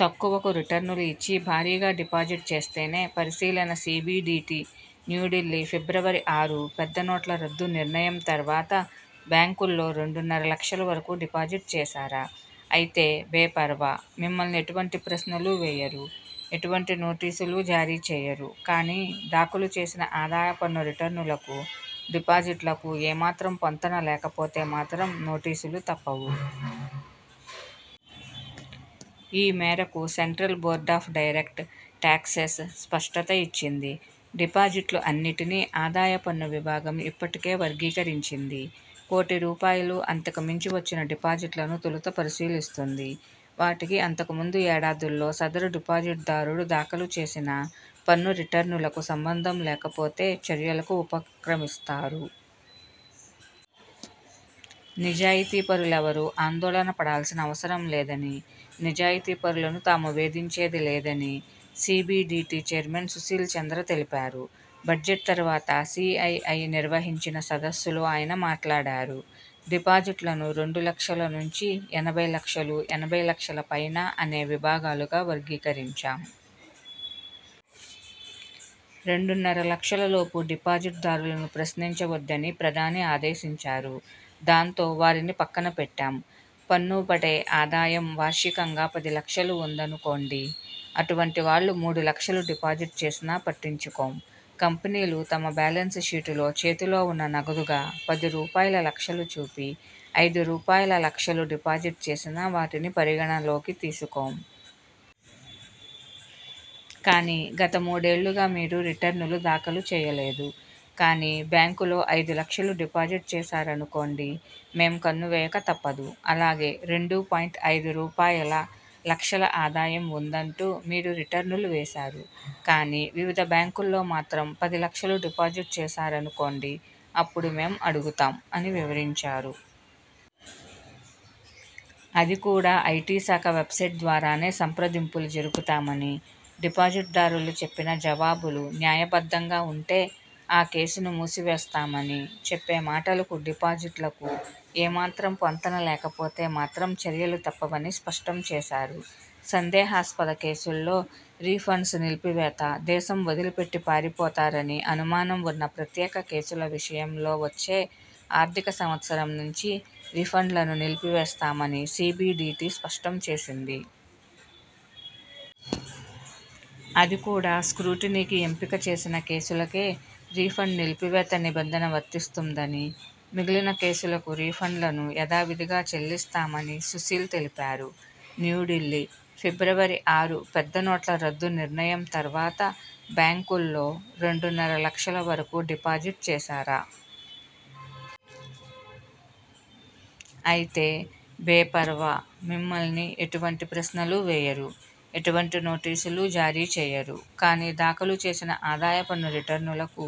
తక్కువకు రిటర్నులు ఇచ్చి భారీగా డిపాజిట్ చేస్తేనే పరిశీలన సీబీడీటీ న్యూఢిల్లీ, ఫిబ్రవరి ఆరు పెద్ద నోట్ల రద్దు నిర్ణయం తర్వాత బ్యాంకుల్లో రెండున్నర లక్షల వరకూ డిపాజిట్ చేశారా!? అయితే, బేపర్వా! మిమ్మల్ని ఎటువంటి ప్రశ్నలూ వేయరు. ఎటువంటి నోటీసులూ జారీ చేయరు. కానీ, దాఖలు చేసిన ఆదాయ పన్ను రిటర్నులకు, డిపాజిట్లకు ఏ మాత్రం పొంతన లేకపోతే మాత్రం నోటీసులు తప్పవు! ఈ మేరకు Central Board of Direct Taxes స్పష్టత ఇచ్చింది. డిపాజిట్లు అన్నిటినీ ఆదాయ పన్ను విభాగం ఇప్పటికే వర్గీ కరించింది. కోటి రూపాయలు అంతకు మించి వచ్చిన డిపాజిట్లను తొలుత పరిశీలిస్తుంది. వాటికి, అంతకు ముందు ఏడాదుల్లో సదరు డిపాజిట్ దారుడు దాఖలు చేసిన పన్ను రిటర్నులకు సంబంధం లేకపోతే, చర్యలకు ఉపక్రమిస్తారు. నిజాయతీ పరులెవరూ ఆందోళన పడాల్సిన అవసరం లేదని, నిజాయతీ పరులను తాము వేధించేది లేదని సీబీడీటీ చైర్మన్ సుశీల్ చంద్ర తెలిపారు. బడ్జెట్ తర్వాత సీఐఐ నిర్వహించిన సదస్సులో ఆయన మాట్లాడారు. ''డిపాజిట్లను రెండు లక్షల నుంచి ఎనభై లక్షలు ఎనభై లక్షల పైన అనే విభాగాలుగా వర్గీకరించాం. రెండున్నర లక్షల లోపు డిపాజిట్ దారులను ప్రశ్నించ వద్దని ప్రధాని ఆదేశించారు. దాంతో వారిని పక్కనబెట్టాం. పన్ను పడే ఆదాయం వార్షికంగా పది లక్షలు ఉందనుకోండి. అటువంటి వాళ్లు మూడు లక్షలు డిపాజిట్ చేసినా పట్టించుకోం. కంపెనీ లు తమ బ్యాలెన్స్ షీటులో చేతిలో ఉన్న నగదుగా పది రూపాయల లక్షలు చూపి, ఐదు రూపాయల లక్షలు డిపాజిట్ చేసినా వాటిని పరిగణనలోకి తీసుకోం. కానీ, గత మూడేళ్లుగా మీరు రిటర్నులు దాఖలు చేయలేదు. కానీ, బ్యాంకులో ఐదు లక్షలు డిపాజిట్ చేశారనుకోండి. మేం కన్ను వేయక తప్పదు. అలాగే, రెండు పాయింట్ ఐదు రూపాయల లక్షల ఆదాయం ఉందంటూ మీరు రిటర్నులు వేశారు. కానీ, వివిధ బ్యాంకుల్లో మాత్రం పది లక్షలు డిపాజిట్ చేశారనుకోండి అప్పుడు మేం అడుగుతాం'' అని వివరించారు. అది కూడా ఐటీ శాఖ వెబ్సైట్ ద్వారానే సంప్రదింపులు జరుపుతామని, డిపాజిట్ దారులు చెప్పిన జవాబులు న్యాయ బద్ధంగా ఉంటే ఆ కేసును మూసి వేస్తామని, చెప్పే మాటలకు, డిపాజిట్లకు ఏమాత్రం పొంతన లేకపోతే మాత్రం చర్యలు తప్పవని స్పష్టం చేశారు. సందేహాస్పద కేసుల్లో రిఫండ్స్ నిలిపి వేత దేశం వదిలి పెట్టి పారిపోతారని అనుమానం ఉన్న ప్రత్యేక కేసుల విషయంలో వచ్చే ఆర్థిక సంవత్సరం నుంచి రిఫండ్లను నిలిపి వేస్తామని సీబీడీటీ స్పష్టం చేసింది. అది కూడా స్క్రూటినికి ఎంపిక చేసిన కేసులకే రిఫండ్ నిలిపి వేత నిబంధన వర్తిస్తుందని, మిగిలిన కేసులకు రిఫండ్లను యథా విధిగా చెల్లిస్తామని సుశీల్ తెలిపారు. న్యూఢిల్లీ, ఫిబ్రవరి ఆరు పెద్ద నోట్ల రద్దు నిర్ణయం తర్వాత బ్యాంకుల్లో రెండున్నర లక్షల వరకూ డిపాజిట్ చేశారా!? అయితే, బేపర్వా! మిమ్మల్ని ఎటువంటి ప్రశ్నలూ వేయరు. ఎటువంటి నోటీసులూ జారీ చేయరు. కానీ, దాఖలు చేసిన ఆదాయ పన్ను రిటర్నులకు,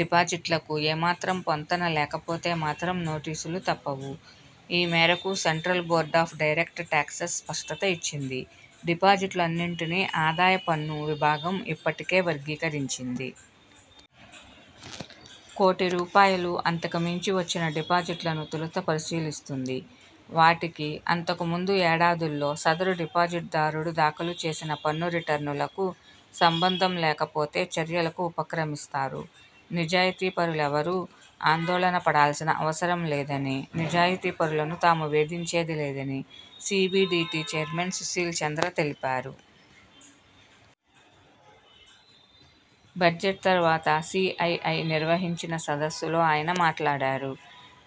డిపాజిట్లకు ఏమాత్రం పొంతన లేకపోతే మాత్రం నోటీసులు తప్పవు! ఈ మేరకు Central Board of Direct Taxes స్పష్టత ఇచ్చింది. డిపాజిట్లు అన్నిటినీ ఆదాయ పన్ను విభాగం ఇప్పటికే వర్గీ కరించింది. కోటి రూపాయలు అంతకు మించి వచ్చిన డిపాజిట్లను తొలుత పరిశీలిస్తుంది. వాటికి, అంతకు ముందు ఏడాదుల్లో సదరు డిపాజిట్ దారుడు దాఖలు చేసిన పన్ను రిటర్నులకు సంబంధం లేకపోతే, చర్యలకు ఉపక్రమిస్తారు. నిజాయతీ పరులెవరూ ఆందోళన పడాల్సిన అవసరం లేదని, నిజాయతీ పరులను తాము వేధించేది లేదని సీబీడీటీ చైర్మన్ సుశీల్ చంద్ర తెలిపారు. బడ్జెట్ తర్వాత సీఐఐ నిర్వహించిన సదస్సులో ఆయన మాట్లాడారు.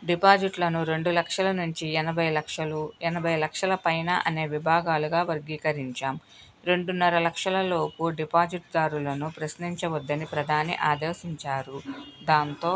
డిపాజిట్లను రెండు లక్షల నుంచి ఎనభై లక్షలు ఎనభై లక్షల పైన అనే విభాగాలుగా వర్గీకరించాం. రెండున్నర లక్షల లోపు డిపాజిట్ దారులను ప్రశ్నించ వద్దని ప్రధాని ఆదోశించారు. దాంతో